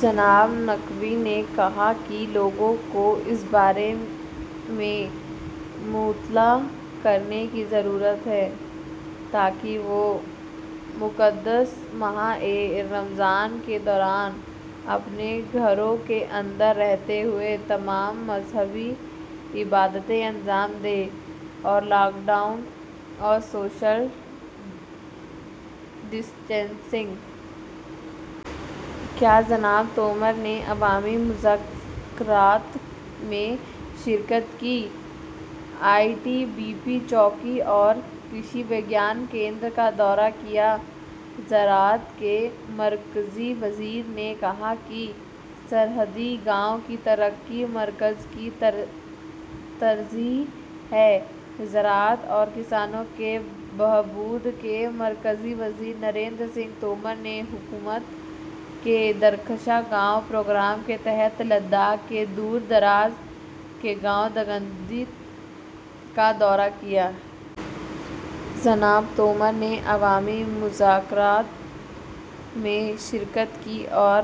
جناب نقوی نے کہا کہ لوگوں کو اِس بارے میں مطلع کرنے کی ضرورت ہے تاکہ وہ مقدس ماہ رمضان کے دوران اپنے گھروں کے اندر رہتے ہوئے تمام مذہبی عبادتیں انجام دیں اور لاک ڈاؤن اور سوشل ڈسٹینسنگ. کیا جناب تومر نے عوامی مذاکرات میں شرکت کی ، آئی ٹی بی پی چوکی اورکرشی وگیان کیندر کا دورہ کیا زراعت کے مرکزی وزیر نے کہاکہ سرحدی گاؤں کی ترقی مرکز کی ترجیح ہے زراعت اورکسانوں کے بہبود کے مرکزی وزیر نریندرسنگھ تومر نے حکومت کے درخشاں گاؤں پروگرام کے تحت لداخ کے دور دراز کے گاؤں دنگتی کا دورہ کیا۔ جناب تومر نے عوامی مذاکرات میں شرکت کی اور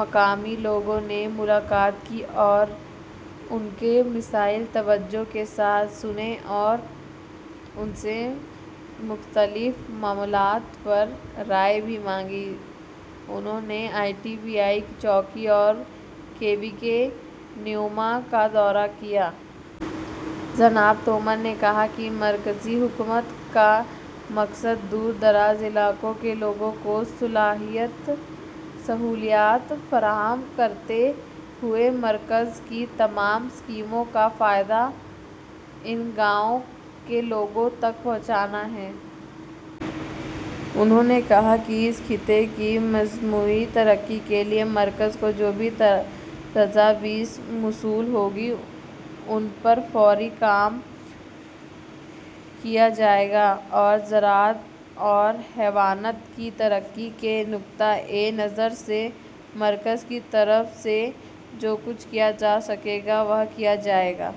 مقامی لوگوں سے ملاقات کی اوران کے مسائل توجہ کے ساتھ سنے اوران سے مختلف معاملات پر رائے بھی مانگی۔ انہوں نے آئی ٹی بی پی چوکی اور کے وی کے نیوما کا دورہ کیا۔ جناب تومر نے کہا کہ مرکزی حکومت کا مقصد دور دراز علاقوں کے لوگوں کو سہولیات فراہم کرتے ہوئے مرکز کی تمام اسکیموں کا فائدہ ا ن گا ؤو ں کے لوگوں تک پہنچانا ہے۔ انہوں نے کہا کہ اس خطہ کی مجموعی ترقی کے لیے مرکز کو جو بھی تجاویز موصول ہوں گی، ان پر فوری کام کیا جائے گا اور زراعت اور حیوانات کی ترقی کے نقطہ نظر سے مرکز کی طرف سے جو کچھ کیا جا سکے گا، وہ کیا جائے گا۔